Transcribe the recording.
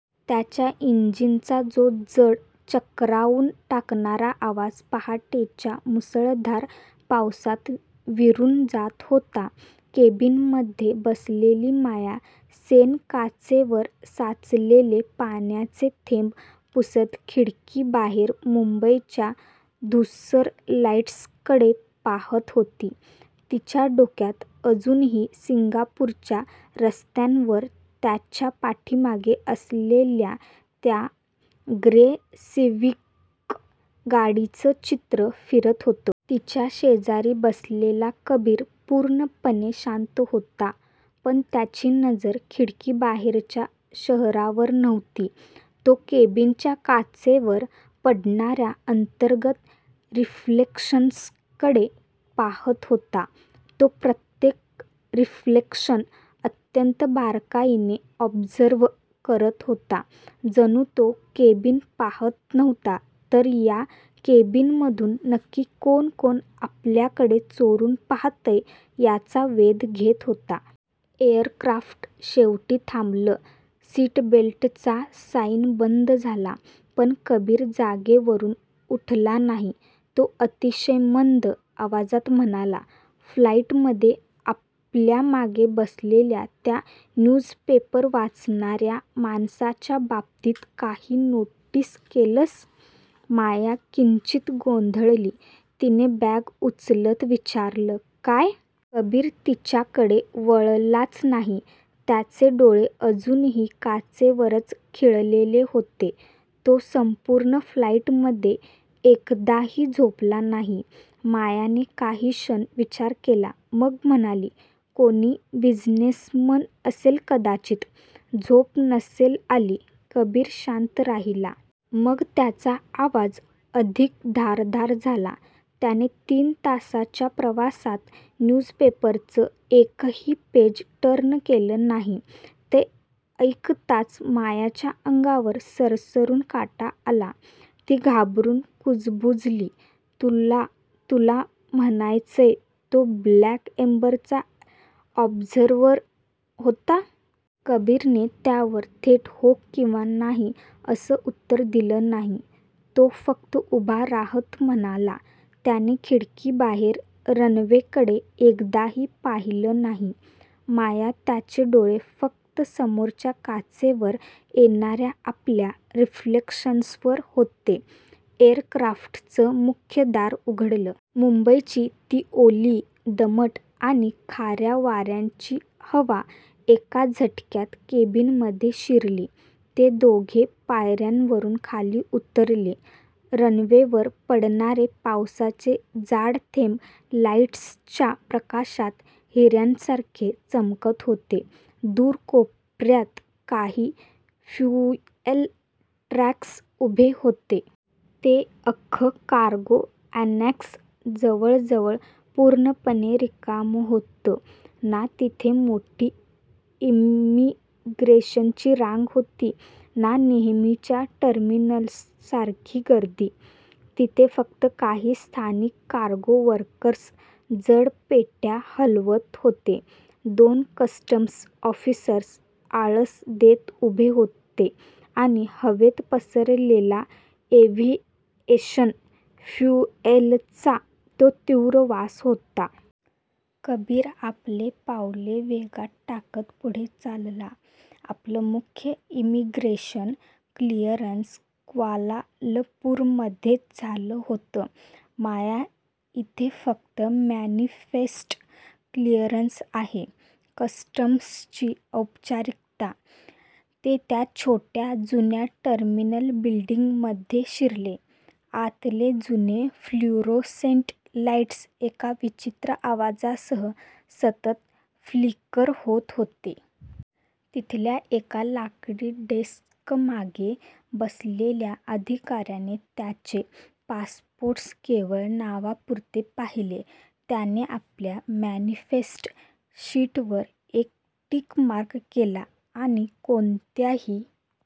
त्याच्या इंजिनचा तो जड, चक्रावून टाकणारा आवाज पहाटेच्या मुसळधार पावसात विरून जात होता. केबिनमध्ये बसलेली माया सेन काचेवर साचलेले पाण्याचे थेंब पुसत खिडकीबाहेर मुंबईच्या धूसर लाईट्सकडे पाहत होती. तिच्या डोक्यात अजूनही सिंगापूरच्या रस्त्यांवर त्यांच्या पाठीमागे असलेल्या त्या 'ग्रे सिव्हिक' गाडीचं चित्र फिरत होतं. तिच्या शेजारी बसलेला कबीर पूर्णपणे शांत होता. पण त्याची नजर खिडकीबाहेरच्या शहरावर नव्हती. तो केबिनच्या काचेवर पडणाऱ्या अंतर्गत रिफ्लेक्शन्सकडे पाहत होता. तो प्रत्येक रिफ्लेक्शन अत्यंत बारकाईने ऑब्झर्व्ह करत होता. जणू तो केबिन पाहत नव्हता, तर या केबिनमधून नक्की कोण-कोण आपल्याकडे चोरून पाहतंय, याचा वेध घेत होता. एअरक्राफ्ट शेवटी थांबलं. सीटबेल्टचा साईन बंद झाला. पण कबीर जागेवरून उठला नाही. तो अतिशय मंद, आवाजात म्हणाला, "फ्लाईटमध्ये आपल्या मागे बसलेल्या त्या न्यूजपेपर वाचणाऱ्या माणसाच्या बाबतीत काही नोटीस केलंस?" माया किंचित गोंधळली, तिने बॅग उचलत विचारलं, "काय? " कबीर तिच्याकडे वळलाच नाही, त्याचे डोळे अजूनही काचेवरच खिळलेले होते. "तो संपूर्ण फ्लाईटमध्ये एकदाही झोपला नाही." मायाने काही क्षण विचार केला, मग म्हणाली, "कोणी बिझनेसमन असेल कदाचित. झोप नसेल आली. " कबीर शांत राहिला. मग त्याचा आवाज अधिक धारदार झाला, "त्याने तीन तासांच्या प्रवासात न्यूजपेपरचं एकही पेज टर्न केलं नाही." ते ऐकताच मायाच्या अंगावर सरसरून काटा आला. ती घाबरून कुजबुजली, "तुला तुला म्हणायचंय तो ब्लॅक एम्बरचा ऑब्झर्वर होता? " कबीरने त्यावर थेट हो किंवा नाही असं उत्तर दिलं नाही. तो फक्त उभा राहत म्हणाला "त्याने खिडकीबाहेर रनवेकडे एकदाही पाहिलं नाही, माया त्याचे डोळे फक्त समोरच्या काचेवर येणाऱ्या आपल्या रिफ्लेक्शन्सवर होते." एअरक्राफ्टचं मुख्य दार उघडलं. मुंबईची ती ओली, दमट आणि खाऱ्या वाऱ्याची हवा एका झटक्यात केबिनमध्ये शिरली. ते दोघे पायऱ्यांवरून खाली उतरले. रनवेवर पडणारे पावसाचे जाड थेंब लाईट्सच्या प्रकाशात हिऱ्यांसारखे चमकत होते. दूर कोपऱ्यात काही फ्युएल ट्रक्स उभे होते. ते अख्खं कार्गो अॅनेक्स जवळजवळ पूर्णपणे रिकामं होतं. ना तिथे मोठी इमिग्रेशनची रांग होती, ना नेहमीच्या टर्मिनल्ससारखी गर्दी. तिथे फक्त काही स्थानिक कार्गो वर्कर्स जड पेट्या हलवत होते. दोन कस्टम्स ऑफिसर्स आळस देत उभे होते आणि हवेत पसरलेला एव्हिएशन फ्युएलचा तो तीव्र वास होता. कबीर आपले पावले वेगात टाकत पुढे चालला, "आपलं मुख्य इमिग्रेशन क्लिअरन्स क्वालालंपूरमध्येच झालं होतं, माया इथे फक्त मॅनिफेस्ट क्लिअरन्स आहे. कस्टम्सची औपचारिकता." ते त्या छोट्या, जुन्या टर्मिनल बिल्डिंगमध्ये शिरले. आतले जुने फ्लुरोसेंट लाईट्स एका विचित्र आवाजासह सतत फ्लिकर होत होते. तिथल्या एका लाकडी डेस्कमागे बसलेल्या अधिकाऱ्याने त्यांचे पासपोर्ट्स केवळ नावापुरते पाहिले. त्याने आपल्या मॅनिफेस्ट शीटवर एक टिक मार्क केला आणि कोणत्याही